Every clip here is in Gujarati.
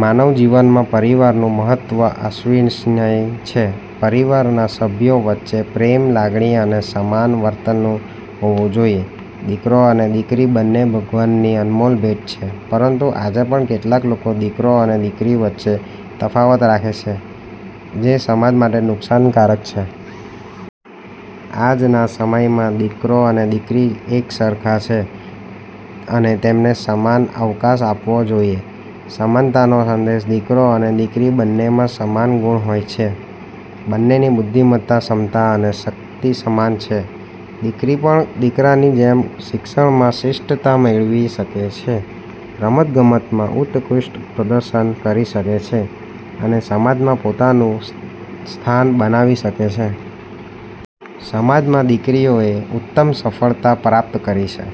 માનવ જીવનમાં પરિવારનું મહત્વ અવિશ્વસનીય છે. પરિવારના સભ્યો વચ્ચે પ્રેમ, લાગણી અને સમાન વર્તન હોવું જોઈએ. દીકરો અને દીકરી બંને ભગવાનની અનમોલ ભેટ છે. પરંતુ આજે પણ કેટલાક લોકો દીકરો અને દીકરી વચ્ચે તફાવત રાખે છે, જે સમાજ માટે નુકસાનકારક છે. આજના સમયમાં દીકરો અને દીકરી એકસરખા છે, અને તેમને સમાન અવકાશ આપવો જોઈએ. સમાનતાનો સંદેશ દીકરો અને દીકરી બંનેમાં સમાન ગુણ હોય છે. બંનેની બુદ્ધિમત્તા, ક્ષમતા અને શક્તિ સમાન છે. દીકરી પણ દીકરાની જેમ શિક્ષણમાં શ્રેષ્ઠતા મેળવી શકે છે, રમતગમતમાં ઉત્કૃષ્ટ પ્રદર્શન કરી શકે છે અને સમાજમાં પોતાનું સ્થાન બનાવી શકે છે. સમાજમાં દીકરીઓએ ઉત્તમ સફળતા પ્રાપ્ત કરી છે,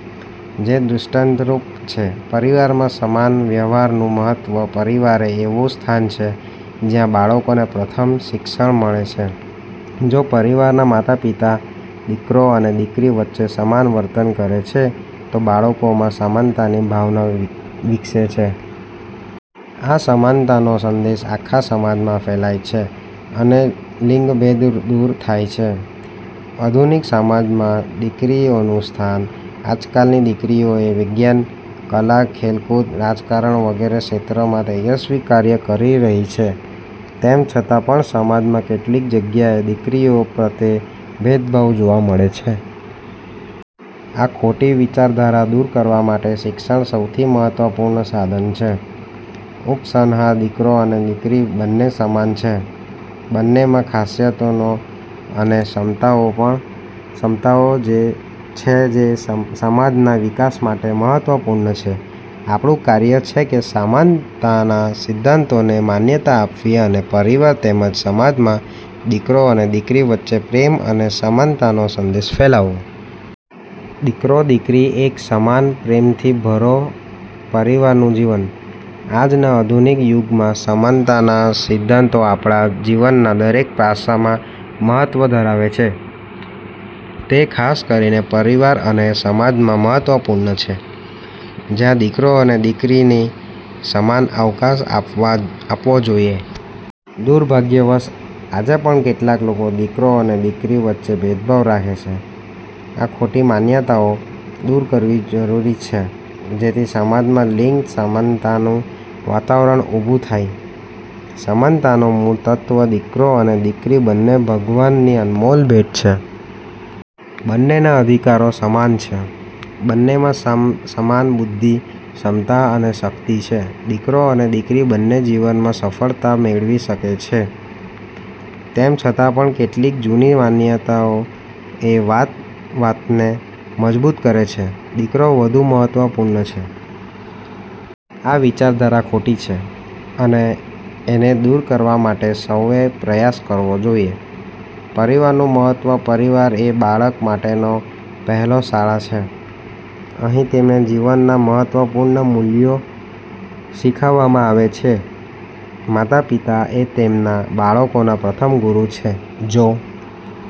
જે દ્રષ્ટાંતરૂપ છે. પરિવારમાં સમાન વ્યવહારનું મહત્વ પરિવાર એ એવું સ્થાન છે જ્યાં બાળકોને પ્રથમ શિક્ષણ મળે છે. જો પરિવારના માતા-પિતા દીકરો અને દીકરી વચ્ચે સમાન વર્તન કરે છે, તો બાળકોમાં સમાનતાની ભાવના વિકસે છે. આ સમાનતાનો સંદેશ આખા સમાજમાં ફેલાય છે અને લિંગભેદ દૂર થાય છે. આધુનિક સમાજમાં દીકરીઓનું સ્થાન આજકાલની દીકરીઓ એ વિજ્ઞાન, કલા, ખેલકૂદ, રાજકારણ વગેરે ક્ષેત્રોમાં તેજસ્વી કાર્ય કરી રહી છે. તેમ છતાં પણ, સમાજમાં કેટલીક જગ્યાએ દીકરીઓ પ્રત્યે ભેદભાવ જોવા મળે છે. આ ખોટી વિચારધારા દૂર કરવા માટે શિક્ષણ સૌથી મહત્વપૂર્ણ સાધન છે. ઉપસંહાર દીકરો અને દીકરી બંને સમાન છે. બંનેમાં ખાસિયતો અને ક્ષમતાઓ છે, જે સમાજના વિકાસ માટે મહત્વપૂર્ણ છે. આપણું કાર્ય છે કે સમાનતા ના સિદ્ધાંતોને માન્યતા આપવી અને પરિવાર તેમજ સમાજમાં દીકરો અને દીકરી વચ્ચે પ્રેમ અને સમાનતાનો સંદેશ ફેલાવવો. "દીકરો દીકરી એક સમાન, પ્રેમથી ભરો પરિવારનું જીવન" આજના આધુનિક યુગમાં સમાનતાના સિદ્ધાંતો આપણા જીવનના દરેક પાસામાં મહત્વ ધરાવે છે. તે ખાસ કરીને પરિવાર અને સમાજમાં મહત્વપૂર્ણ છે, જ્યાં દીકરો અને દીકરીને સમાન અવકાશ આપવો જોઈએ. દુર્ભાગ્યવશ, આજે પણ કેટલાક લોકો દીકરો અને દીકરી વચ્ચે ભેદભાવ રાખે છે. આ ખોટી માન્યતાઓ દૂર કરવી જરૂરી છે જેથી સમાજમાં લિંગ સમાનતાનું વાતાવરણ ઉભું થાય. સમાનતાનો મૂળ તત્વ દીકરો અને દીકરી બંને ભગવાનની અનમોલ ભેટ છે. બંનેના અધિકારો સમાન છે, બંનેમાં સમાન બુદ્ધિ, ક્ષમતા અને શક્તિ છે. દીકરો અને દીકરી બંને જીવનમાં સફળતા મેળવી શકે છે. તેમ છતાં પણ, કેટલીક જૂની માન્યતાઓ એ વાતને મજબૂત કરે છે કે દીકરો વધુ મહત્વપૂર્ણ છે. આ વિચારધારા ખોટી છે અને એને દૂર કરવા માટે સૌએ પ્રયાસ કરવો જોઈએ. પરિવારનું મહત્વ પરિવાર એ બાળક માટેનો પહેલો શાળા છે. અહીં તેમને જીવનના મહત્વપૂર્ણ મૂલ્યો શીખવામાં આવે છે. માતા-પિતા એ તેમના બાળકોના પ્રથમ ગુરુ છે. જો